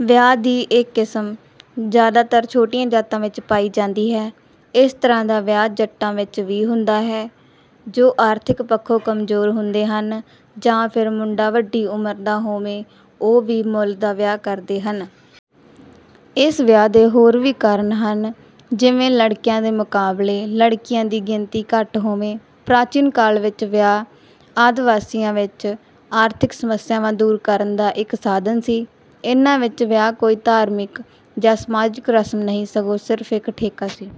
ਵਿਆਹ ਦੀ ਇਹ ਕਿਸਮ ਜ਼ਿਆਦਾਤਰ ਛੋਟੀਆਂ ਜਾਤਾਂ ਵਿੱਚ ਪਾਈ ਜਾਂਦੀ ਹੈ। ਇਸ ਤਰ੍ਹਾਂ ਦਾ ਵਿਆਹ ਜੱਟਾਂ ਵਿੱਚ ਵੀ ਹੁੰਦਾ ਹੈ। ਜੋ ਆਰਥਿਕ ਪੱਖੋਂ ਕਮਜ਼ੋਰ ਹੁੰਦੇ ਹਨ ਜਾਂ ਫਿਰ ਮੁੰਡਾ ਵੱਡੀ ਉਮਰ ਦਾ ਹੋਵੇ ਉਹ ਵੀ ਮੁੱਲ ਦਾ ਵਿਆਹ ਕਰਦੇ ਹਨ। ਇਸ ਵਿਆਹ ਦੇ ਹੋਰ ਵੀ ਕਾਰਨ ਹਨ ਜਿਵੇਂ ਲੜਕਿਆਂ ਦੇ ਮੁਕਾਬਲੇ ਲੜਕੀਆਂ ਦੀ ਗਿਣਤੀ ਘੱਟ ਹੋਵੇ। ਪ੍ਰਾਚੀਨ ਕਾਲ ਵਿੱਚ ਵਿਆਹ ਆਦਿਵਾਸੀਆਂ ਵਿੱਚ ਆਰਥਿਕ ਸਮੱਸਿਆਵਾਂ ਦੂਰ ਕਰਨ ਦਾ ਇੱਕ ਸਾਧਨ ਸੀ। ਇਹਨਾਂ ਵਿੱਚ ਵਿਆਹ ਕੋਈ ਧਾਰਮਿਕ ਜਾਂ ਸਮਾਜਿਕ ਰਸਮ ਨਹੀਂ ਸਗੋਂ ਸਿਰਫ਼ ਇੱਕ ਠੇਕਾ ਸੀ।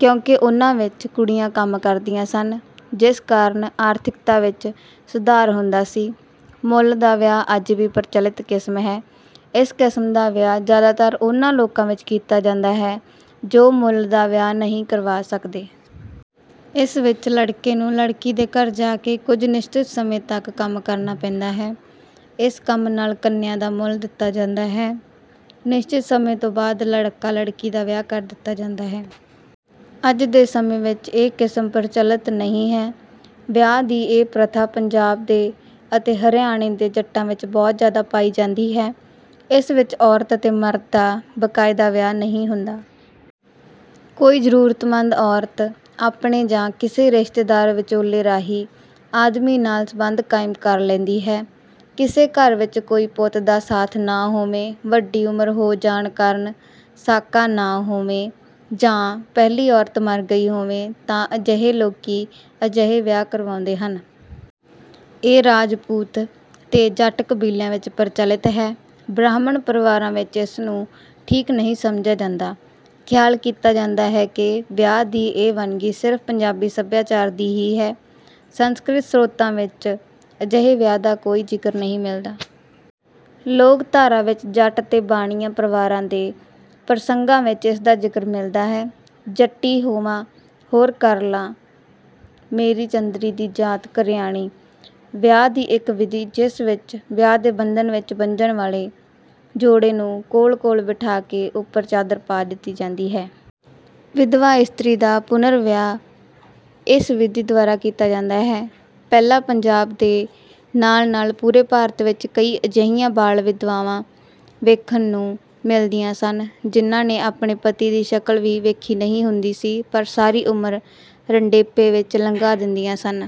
ਕਿਉਂਕਿ ਉਹਨਾਂ ਵਿੱਚ ਕੁੜੀਆਂ ਕੰਮ ਕਰਦੀਆਂ ਸਨ ਜਿਸ ਕਾਰਨ ਆਰਥਿਕਤਾ ਵਿੱਚ ਸੁਧਾਰ ਹੁੰਦਾ ਸੀ। ਮੁੱਲ ਦਾ ਵਿਆਹ ਅੱਜ ਵੀ ਪ੍ਰਚਲਿਤ ਕਿਸਮ ਹੈ। ਇਸ ਕਿਸਮ ਦਾ ਵਿਆਹ ਜ਼ਿਆਦਾਤਰ ਉਹਨਾਂ ਲੋਕਾਂ ਵਿੱਚ ਕੀਤਾ ਜਾਂਦਾ ਹੈ ਜੋ ਮੁੱਲ ਦਾ ਵਿਆਹ ਨਹੀਂ ਕਰਵਾ ਸਕਦੇ। ਇਸ ਵਿੱਚ ਲੜਕੇ ਨੂੰ ਲੜਕੀ ਦੇ ਘਰ ਜਾ ਕੇ ਕੁਝ ਨਿਸ਼ਚਿਤ ਸਮੇਂ ਤੱਕ ਕੰਮ ਕਰਨਾ ਪੈਂਦਾ ਹੈ। ਇਸ ਕੰਮ ਨਾਲ ਕੰਨਿਆ ਦਾ ਮੁੱਲ ਦਿੱਤਾ ਜਾਂਦਾ ਹੈ। ਨਿਸ਼ਚਿਤ ਸਮੇਂ ਤੋਂ ਬਾਅਦ ਲੜਕਾ ਲੜਕੀ ਦਾ ਵਿਆਹ ਕਰ ਦਿੱਤਾ ਜਾਂਦਾ ਹੈ। ਅੱਜ ਦੇ ਸਮੇਂ ਵਿੱਚ ਇਹ ਕਿਸਮ ਪ੍ਰਚਲਿਤ ਨਹੀਂ ਹੈ। ਵਿਆਹ ਦੀ ਇਹ ਪ੍ਰਥਾ ਪੰਜਾਬ ਦੇ ਅਤੇ ਹਰਿਆਣੇ ਦੇ ਜੱਟਾਂ ਵਿੱਚ ਬਹੁਤ ਜ਼ਿਆਦਾ ਪਾਈ ਜਾਂਦੀ ਹੈ। ਇਸ ਵਿੱਚ ਔਰਤ ਅਤੇ ਮਰਦ ਦਾ ਬਕਾਇਦਾ ਵਿਆਹ ਨਹੀਂ ਹੁੰਦਾ। ਕੋਈ ਜ਼ਰੂਰਤਮੰਦ ਔਰਤ ਆਪਣੇ ਜਾਂ ਕਿਸੇ ਰਿਸ਼ਤੇਦਾਰ ਵਿਚੋਲੇ ਰਾਹੀਂ ਆਦਮੀ ਨਾਲ ਸਬੰਧ ਕਾਇਮ ਕਰ ਲੈਂਦੀ ਹੈ। ਕਿਸੇ ਘਰ ਵਿੱਚ ਕੋਈ ਪੁੱਤ ਦਾ ਸਾਥ ਨਾ ਹੋਵੇ, ਵੱਡੀ ਉਮਰ ਹੋ ਜਾਣ ਕਾਰਨ ਸਾਕਾ ਨਾ ਹੋਵੇ ਜਾਂ ਪਹਿਲੀ ਔਰਤ ਮਰ ਗਈ ਹੋਵੇ ਤਾਂ ਅਜਿਹੇ ਲੋਕੀ ਅਜਿਹੇ ਵਿਆਹ ਕਰਵਾਉਂਦੇ ਹਨ। ਇਹ ਰਾਜਪੂਤ ਤੇ ਜੱਟ ਕਬੀਲਿਆਂ ਵਿੱਚ ਪ੍ਰਚਲਿਤ ਹੈ। ਬ੍ਰਾਹਮਣ ਪਰਿਵਾਰਾਂ ਵਿੱਚ ਇਸ ਨੂੰ ਠੀਕ ਨਹੀਂ ਸਮਝਿਆ ਜਾਂਦਾ। ਖਿਆਲ ਕੀਤਾ ਜਾਂਦਾ ਹੈ ਕਿ ਵਿਆਹ ਦੀ ਇਹ ਵੰਨਗੀ ਸਿਰਫ਼ ਪੰਜਾਬੀ ਸੱਭਿਆਚਾਰ ਦੀ ਹੀ ਹੈ। ਸੰਸਕ੍ਰਿਤ ਸਰੋਤਾਂ ਵਿੱਚ ਅਜਿਹੇ ਵਿਆਹ ਦਾ ਕੋਈ ਜ਼ਿਕਰ ਨਹੀਂ ਮਿਲਦਾ। ਲੋਕਧਾਰਾ ਵਿੱਚ ਜੱਟ ਤੇ ਬਾਣੀਆਂ ਪਰਿਵਾਰਾਂ ਦੇ ਪ੍ਰਸੰਗਾਂ ਵਿੱਚ ਇਸ ਦਾ ਜ਼ਿਕਰ ਮਿਲਦਾ ਹੈ: ਜੱਟੀ ਹੋਵਾਂ ਹੋਰ ਕਰ ਲਾਂ, ਮੇਰੀ ਚੰਦਰੀ ਦੀ ਜਾਤ ਕਰਿਆਣੀ। ਵਿਆਹ ਦੀ ਇੱਕ ਵਿਧੀ, ਜਿਸ ਵਿੱਚ ਵਿਆਹ ਦੇ ਬੰਧਨ ਵਿੱਚ ਬੱਝਣ ਵਾਲੇ ਜੋੜੇ ਨੂੰ ਕੋਲ-ਕੋਲ ਬਿਠਾ ਕੇ ਉੱਪਰ ਚਾਦਰ ਪਾ ਦਿੱਤੀ ਜਾਂਦੀ ਹੈ। ਵਿਧਵਾ ਇਸਤਰੀ ਦਾ ਪੁਨਰ ਵਿਆਹ ਇਸ ਵਿਧੀ ਦੁਆਰਾ ਕੀਤਾ ਜਾਂਦਾ ਹੈ। ਪਹਿਲਾਂ ਪੰਜਾਬ ਦੇ ਨਾਲ-ਨਾਲ ਪੂਰੇ ਭਾਰਤ ਵਿੱਚ ਕਈ ਅਜਿਹੀਆਂ ਬਾਲ ਵਿਧਵਾਵਾਂ ਵੇਖਣ ਨੂੰ ਮਿਲਦੀਆਂ ਸਨ ਜਿਨ੍ਹਾਂ ਨੇ ਆਪਣੇ ਪਤੀ ਦੀ ਸ਼ਕਲ ਵੀ ਵੇਖੀ ਨਹੀਂ ਹੁੰਦੀ ਸੀ ਪਰ ਸਾਰੀ ਉਮਰ ਰੰਡੇਪੇ ਵਿੱਚ ਲੰਘਾ ਦਿੰਦੀਆਂ ਸਨ।